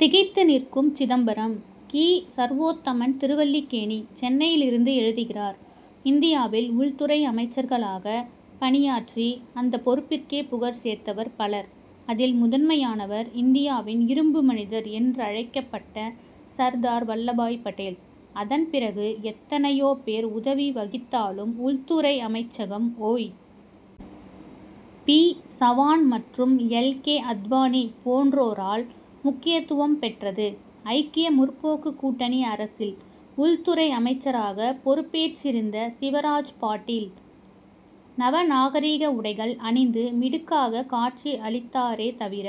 திகைத்து நிற்கும் சிதம்பரம்! கி. சர்வோத்தமன், திருவல்லிக்கேணி, சென்னையிலிருந்து எழுதுகிறார் இந்தியாவில் உள்துறை அமைச்சர்களாகப் பணியாற்றி, அந்தப் பொறுப்புக்கே புகழ் சேர்த்தவர் பலர். அதில் முதன்மையானவர், இந்தியாவின் இரும்பு மனிதர் என்றழைக்கப்பட்ட சர்தார் வல்லபாய் படேல். அதன் பிறகு எத்தனை யோ பேர் பதவி வகித்தாலும், உள் துறை அமைச்சகம், ஒய். பி. சவான் மற்றும் எல். கே. அத்வானி போன்றோரால் முக்கியத்துவம் பெற்றது. ஐக்கிய முற்போக்கு கூட்டணி அரசில், உள்துறை அமைச்சராகப் பொறுப்பேற்றிருந்த சிவராஜ் பாட்டீல், நவநாகரிக உடைகள் அணிந்து மிடுக்காகக் காட்சியளித்தாரே தவிர,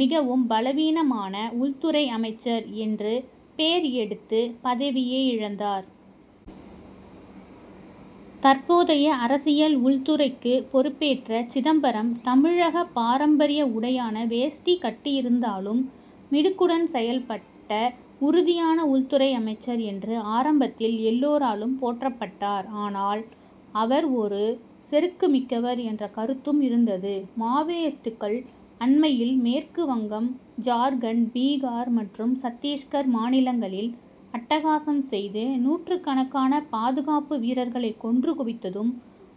மிகவும் பலவீனமான உள்துறை அமைச்சர் என்று பேர் எடுத்து, பதவியை இழந்தார். தற்போதைய அரசில் உள்துறைக் குப் பொறுப்பேற்ற சிதம்பரம், தமிழகப் பாரம்பரிய உடையான வேஷ்டி கட்டியிருந்தாலும், மிடுக்குடன் செயல்பட்ட உறுதியான உள்துறை அமைச்சர் என்று, ஆரம்பத்தில் எல்லாராலும் போற்றப்பட்டார். ஆனால், அவர் ஒரு செறுக்குமிக்கவர் என்ற கருத்தும் இருந்தது. மாவோயிஸ்டுகள் அண்மையில் மேற்கு வங்கம், ஜார்க்கண்ட், பீகார் மற்றும் சத்திஸ்கர் மாநிலங்களில் அட்டகாசம் செய்து, நூற்றுக்கணக்கான பாதுகாப்பு வீரர்களைக் கொன்று குவித்ததும்,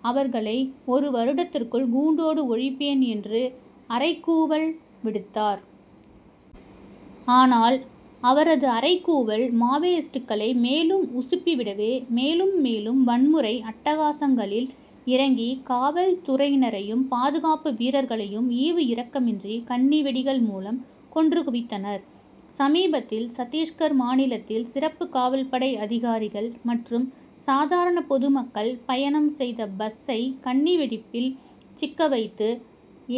அவர்களை ஒரு வருடத்திற்குள் கூண்டோடு ஒழிப்பேன் என்று அறைகூவல் விடுத்தார். ஆனால், அவரது அறைகூவல், மாவோயிஸ்டுகளை மேலும் உசுப்பி விடவே, மேலும், மேலும் வன்முறை அட்டகாசங்களில் இறங்கி, காவல் துறையினரையும், பாதுகாப்பு வீரர்களையும் ஈவு இரக்கமின்றி, கண்ணி வெடிகள் மூலம், கொன்று குவித்தனர். சமீபத்தில் சத்திஸ்கர் மாநிலத்தில் சிறப்பு காவல்படை அதிகாரிகள் மற்றும் சாதாரணப் பொதுமக்கள் பயணம் செய்த பஸ்சை, கண்ணிவெடியில் சிக்கச் செய்து,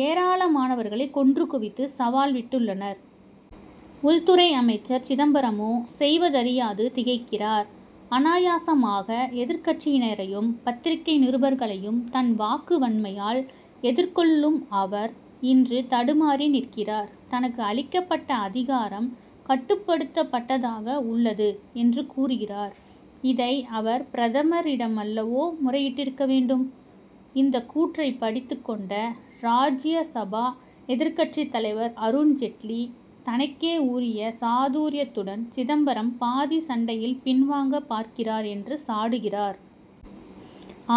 ஏராளமானவர்களைக் கொன்று குவித்து சவால் விட்டுள்ளனர். உள்துறை அமைச்சர் சிதம்பரமோ, செய்வதறியாது திகைக்கிறார். அநாயசமாக எதிர்க்கட்சியினரையும், பத்திரிகை நிருபர்களையும், தன் வாக்கு வன்மையால் எதிர்கொள்ளும் அவர், இன்று தடுமாறி நிற்கிறார். தனக்கு அளிக்கப்பட்ட அதிகாரம், கட்டுப்படுத்தப்பட்டதாக உள்ளது என்று கூறுகிறார். இதை அவர், பிரதமரிடமல்லவோ முறையிட்டிருக்க வேண்டும்! இந்த கூற்றை பிடித்துக் கொண்ட, ராஜ்யசபா எதிர்க்கட்சித் தலைவர் அருண் ஜெட்லி, தனக்கே உரிய வாக்கு சாதுர்யத்துடன், சிதம்பரம் பாதிச் சண்டையில் பின்வாங்கப் பார்க்கிறார் என்று சாடுகிறார்.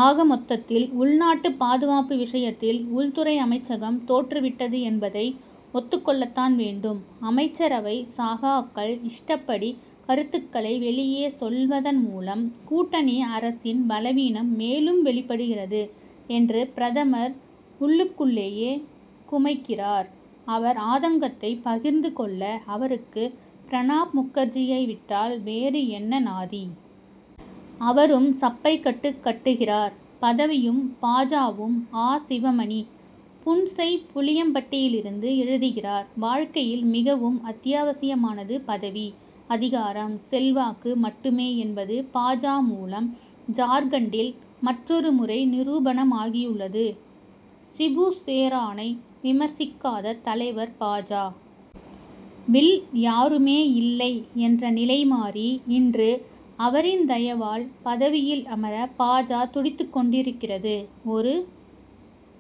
ஆக மொத்தத்தில், உள்நாட்டு பாதுகாப்பு விஷயத்தில் உள்துறை அமைச்சகம் தோற்று விட்டது என்பதை, ஒத்துக் கொள்ளத்தான் வேண்டும். அமைச்சரவை சகாக்கள், இஷ்டப்படி கருத்துக்களை வெளியே சொல்வதன் மூலம், கூட்டணி அரசின் பலவீனம் மேலும் வெளிப்படுகிறது என்று பிரதமர் உள்ளுக்குள்ளேயே குமைகிறார். அவர் ஆதங்கத்தைப் பகிர்ந்து கொள்ள, அவருக்கு பிரணாப் முகர்ஜியை விட்டால், வேறு என்ன நாதி? அவரும் சப்பைக்கட்டு கட்டுகிறார். பதவியும் பா. ஜ.,வும்! ஆ. சிவமணி, புன்செய்ப்புளியம்பட்டியிலிருந்து எழுதுகிறார் வாழ்க் கையில் மிகவும் அத்தியாவசியமானது பதவி, அதிகாரம், செல்வாக்கு மட்டு மே என்பது, பா. ஜ., மூலம், ஜார்க்கண்டில் மற்றொரு முறை நிரூபணமாகியுள்ளது. சிபுசோரனை விமர்சிக் காத தலைவர்கள், பா. ஜ., வில் யாருமே இல்லை என்ற நிலைமாறி, இன்று அவரின் தயவால், பதவியில் அமர பா. ஜ., துடித்து கொண்டிருக்கிறது. ஒரு